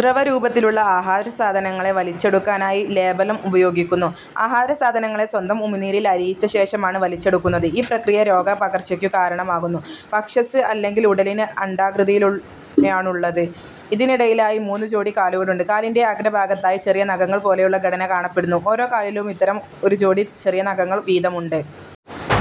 ദ്രവരൂപത്തിലുള്ള ആഹാരസാധനങ്ങളെ വലിച്ചെടുക്കാനായി labellum ഉപയോഗിക്കുന്നു. ആഹാരസാധനങ്ങളെ സ്വന്തം ഉമിനീരിൽ അലിയിച്ചശേഷമാണ് വലിച്ചെടുക്കുന്നത്. ഈ പ്രക്രിയ രോഗ പകർചക്കു കാരണം ആകുന്നു. വക്ഷസ്സ് അല്ലെങ്കിൽ ഉടലിന് അണ്ഡാകൃതിയാണുള്ളത് ഇതിനടിയിലായി മൂന്നു ജോഡി കാലുകളുണ്ട്. കാലിൻ്റെ അഗ്രഭാഗത്തായി ചെറിയ നഖങ്ങൾ പോലെയുള്ള ഘടന കാണപ്പെടുന്നു. ഓരോകാലിലും ഇത്തരം ഒരു ജോഡി ചെറിയ നഖങ്ങൾ വീതമുണ്ട്.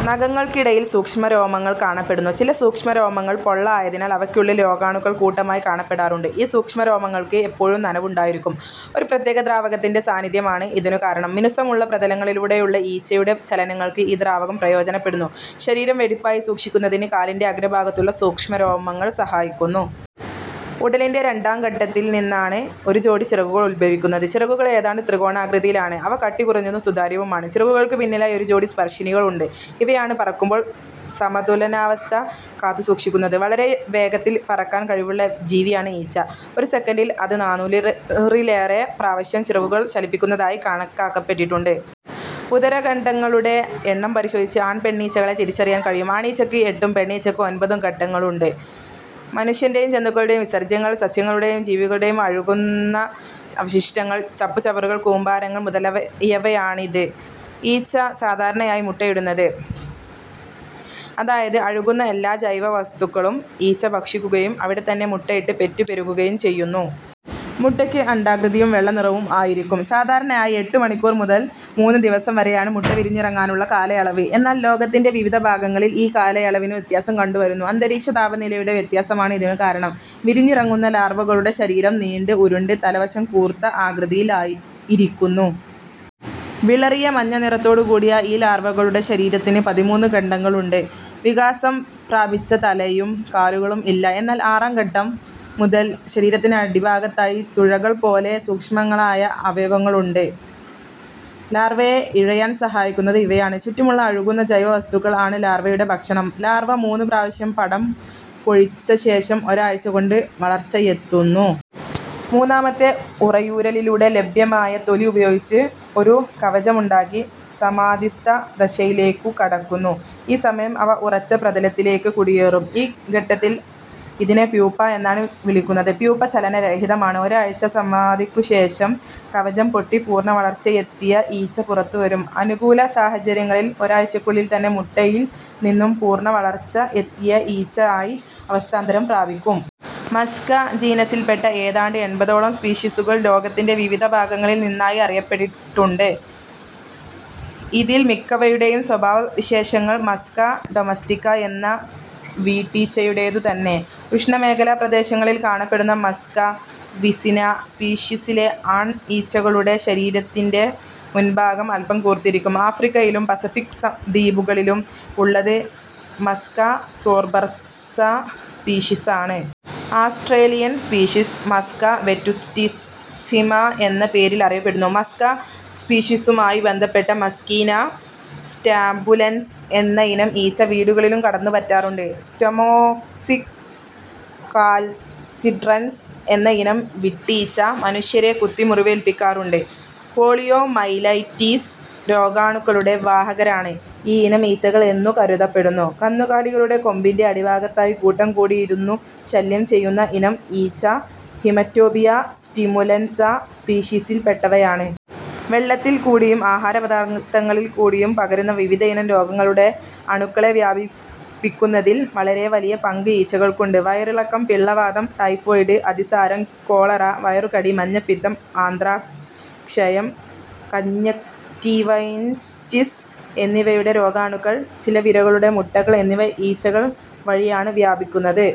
നഖങ്ങൾക്കിടയിൽ സൂക്ഷ്മരോമങ്ങൾ കാണപ്പെടുന്നു. ചില സൂക്ഷ്മരോമങ്ങൾ പൊള്ള ആയതിനാൽ അവയ്ക്കുള്ളിൽ രോഗാണുക്കൾ കൂട്ടമായി കാണപ്പെടാറുണ്ട്. ഈ സൂക്ഷ്മരോമങ്ങൾക്ക് എപ്പോഴും നനവുണ്ടായിരിക്കും. ഒരു പ്രത്യേക ദ്രാവകത്തിൻ്റെ സാന്നിധ്യമാണ് ഇതിനു കാരണം. മിനുസമുള്ള പ്രതലങ്ങളിലൂടെയുള്ള ഈച്ചയുടെ ചലനങ്ങൾക്ക് ഈ ദ്രാവകം പ്രയോജനപ്പെടുന്നു. ശരീരം വെടിപ്പായി സൂക്ഷിക്കുന്നതിന് കാലിൻ്റെ അഗ്രഭാഗത്തുള്ള സൂക്ഷ്മരോമങ്ങൾ സഹായിക്കുന്നു. ഉടലിൻ്റെ രണ്ടാം ഘട്ടത്തിൽ നിന്നാണ് ഒരു ജോഡി ചിറകുകൾ ഉദ്ഭവിക്കുന്നത്. ചിറകുകൾ ഏതാണ്ടു ത്രികോണാകൃതിയിലാണ്. അവ കട്ടികുറഞ്ഞതും സുതാര്യവുമാണ്. ചിറകുകൾക്ക് പിന്നിലായി ഒരു ജോഡി സ്പർശിനികൾ ഉണ്ട്. ഇവയാണ് പറക്കുമ്പോൾ സമതുലനാവസ്ത കാത്തുസൂക്ഷിക്കുന്നത്. വളരെ വേഗത്തിൽ പറക്കാൻ കഴിവുള്ള ജീവിയാണ് ഈച്ച. ഒരു സെക്കൻഡിൽ അത് നാനൂറിലേറെ പ്രാവശ്യം ചിറകുകൾ ചലിപ്പിക്കുന്നതായി കണക്കാക്കപ്പെട്ടിട്ടുണ്ട്. ഉദര ഖണ്ഡങ്ങളുടെ എണ്ണം പരിശോധിച്ച് ആൺ പെണ്ണീച്ചകളെ തിരിച്ചറിയാൻ കഴിയും. ആണീച്ചക്ക് എട്ടും പെണ്ണീച്ചക്ക് ഒൻപതും ഖണ്ഡങ്ങൾ ഉണ്ട്. മനുഷ്യൻ്റെയും ജന്തുക്കളുടെയും വിസർജ്യങ്ങൾ, സസ്യങ്ങളുടെയും ജീവികളുടെയും അഴുകുന്ന അവശിഷ്ടങ്ങൾ, ചപ്പു ചവറു കൂമ്പാരങ്ങൾ മുതലായവയിലാണ് ഈച്ച സാധാരണയായി മുട്ടയിടുന്നത്. അതായത്, അഴുകുന്ന എല്ലാ ജൈവ വസ്തുക്കളും ഈച്ച ഭക്ഷിക്കുകയും അവിടെത്തന്നെ മുട്ട ഇട്ട് പെറ്റു പെരുകുകയും ചെയ്യും. മുട്ടയ്ക്ക് അണ്ഡാകൃതിയും വെള്ളനിറവും ആയിരിക്കും. സാധാരണയായി എട്ടു മണിക്കൂർ മുതൽ മൂന്നു ദിവസം വരെയാണ് മുട്ട വിരിഞ്ഞിറങ്ങാനുള്ള കാലയളവ്. എന്നാൽ ലോകത്തിൻ്റെ വിവിധ ഭാഗങ്ങളിൽ ഈ കാലയളവിനു വ്യത്യാസം കണ്ടുവരുന്നു. അന്തരീക്ഷ താപനിലയുടെ വ്യത്യാസമാണ് ഇതിനു കാരണം. വിരിഞ്ഞിറങ്ങുന്ന ലാർവകളുടെ ശരീരം നീണ്ട്, ഉരുണ്ട്, തല വശം കൂർത്ത ആകൃതിയിൽ ഇരിക്കുന്നു. വിളറിയ മഞ്ഞനിറത്തോടുകൂടിയ ഈ ലാർവകളുടെ ശരീരത്തിന് പതിമൂന്നു ഘട്ടങ്ങളുണ്ട്. വികാസം പ്രാപിച്ച തലയും കാലുകളും ഇല്ല. എന്നാൽ ആറാം ഘട്ടം മുതൽ ശരീരത്തിന്നടിഭാഗത്തായി തുഴകൾപോലെ സൂക്ഷ്മങ്ങളായ അവയവങ്ങളുണ്ട്. ലാർവയെ ഇഴയാൻ സഹായിക്കുന്നത് ഇവയാണ്. ചുറ്റുമുള്ള അഴുകുന്ന ജൈവ വസ്തുക്കൾ ആണ് ലാർവയുടെ ഭക്ഷണം. ലാർവ മൂന്നു പ്രാവശ്യം പടം പൊഴിച്ചശേഷം ഒരാഴ്ച്ചകൊണ്ട് വളർച്ചയെത്തുന്നു. മൂന്നാമത്തെ ഉറയൂരലിലൂടെ ലഭ്യമായ തൊലി ഉപയോഗിച്ച് ഒരു കവചമുണ്ടാക്കി സമാധിസ്ഥ ദശയിലേക്കു കടക്കുന്നു. ഈ സമയം അവ ഉറച്ച പ്രതലത്തിലേക്ക് കുടിയേറും. ഈ ഘട്ടത്തിൽ ഇതിനെ പ്യൂപ്പ എന്നാണ് വിളിക്കുന്നത്. പ്യൂപ്പ ചലനരഹിതമാണ്. ഒരഴ്ചത്തെ സമാധിക്കുശേഷം കവചം പൊട്ടി പൂർണവളർച്ചയെത്തിയ ഈച്ച പുറത്തുവരും. അനുകൂല സാഹചര്യങ്ങളിൽ ഒരാഴ്ചക്കുള്ളിൽ തന്നെ, മുട്ടയിൽ നിന്നും പൂർണ വളർച്ച എത്തിയ ഈച്ച ആയി അവസ്ഥാന്തരം പ്രാപിക്കും. മസ്ക ജീനസിൽപെട്ട ഏതാണ്ട് എൺപതോളം സ്പീഷീസുകൾ ലോകത്തിൻ്റെ വിവിധ ഭാഗങ്ങളിൽ നിന്നായി അറിയപ്പെട്ടിട്ടുണ്ട്. ഇതിൽ മിക്കവയുടെയും സ്വഭാവവിശേഷങ്ങൾ മസ്ക ഡൊമസ്റ്റിക്ക എന്ന വീട്ടീച്ചയുടേതുതന്നെ. ഉഷ്ണമേഖലാ പ്രദേശങ്ങളിൽ കാണപ്പെടുന്ന മസ്ക വിസിന സ്പീഷിസിലെ ആൺ ഈച്ചകളുടെ ശരീരത്തിൻ്റെ മുൻഭാഗം അല്പം കൂർത്തിരിക്കും. ആഫ്രിക്കയിലും പസഫിക്ക് ദ്വീപുകളിലും ഉള്ളത് മസ്ക സോർബൻസ സ്പീഷീസാണ്. ആസ്ട്രേലിയൻ സ്പീഷീസ് മസ്ക വെറ്റുസ്റ്റിസ്സിമ എന്ന പേരിൽ അറിയപ്പെടുന്നു. മസ്ക സ്പീഷീസുമായി ബന്ധമുള്ള മസ്കീന സ്റ്റാബുലൻസ് എന്നയിനം ഈച്ച വീടുകളിലും കടന്നുപറ്റാറുണ്ട്. സ്റ്റൊമോക്സിസ് കാൽസിട്രൻസ് എന്നയിനം വീട്ടീച്ച മനുഷ്യരെ കുത്തി മുറിവേല്പിക്കാറുണ്ട്. പോളിയോമൈലൈറ്റീസ് രോഗാണുക്കളുടെ വാഹകരാണ് ഈയിനം ഈച്ചകൾ എന്നു കരുതപ്പെടുന്നു. കന്നുകാലികളുടെ കൊമ്പിൻ്റെ അടിഭാഗത്തായി കൂട്ടം കൂടിയിരുന്നു ശല്യംചെയ്യുന്ന ഇനം ഈച്ച ഹീമറ്റോബിയ സ്റ്റിമുലൻസ സ്പീഷീസിൽ പെട്ടവയാണ്. വെള്ളത്തിൽ കൂടിയും, ആഹാര പദാർത്ഥങ്ങളിൽ കൂടിയും പകരുന്ന വിവിധയിനം രോഗങ്ങളുടെ അണുക്കളെ വ്യാപിപ്പിക്കുന്നതിൽ വളരെ വലിയ പങ്ക് ഈച്ചകൾക്കുണ്ട്. വയറിളക്കം, പിള്ളവാതം, ടൈഫോയ്ഡ്, അതിസാരം, കോളറ, വയറുകടി, മഞ്ഞപ്പിത്തം, ആന്ത്രാക്സ്, ക്ഷയം, കഞ്ജങ്ക്റ്റീവൈറ്റിസ് എന്നിവയുടെ രോഗാണുക്കൾ, ചില വിരകളുടെ മുട്ടകൾ എന്നിവ ഈച്ചകൾ വഴിയാണ് വ്യാപിക്കുന്നത്.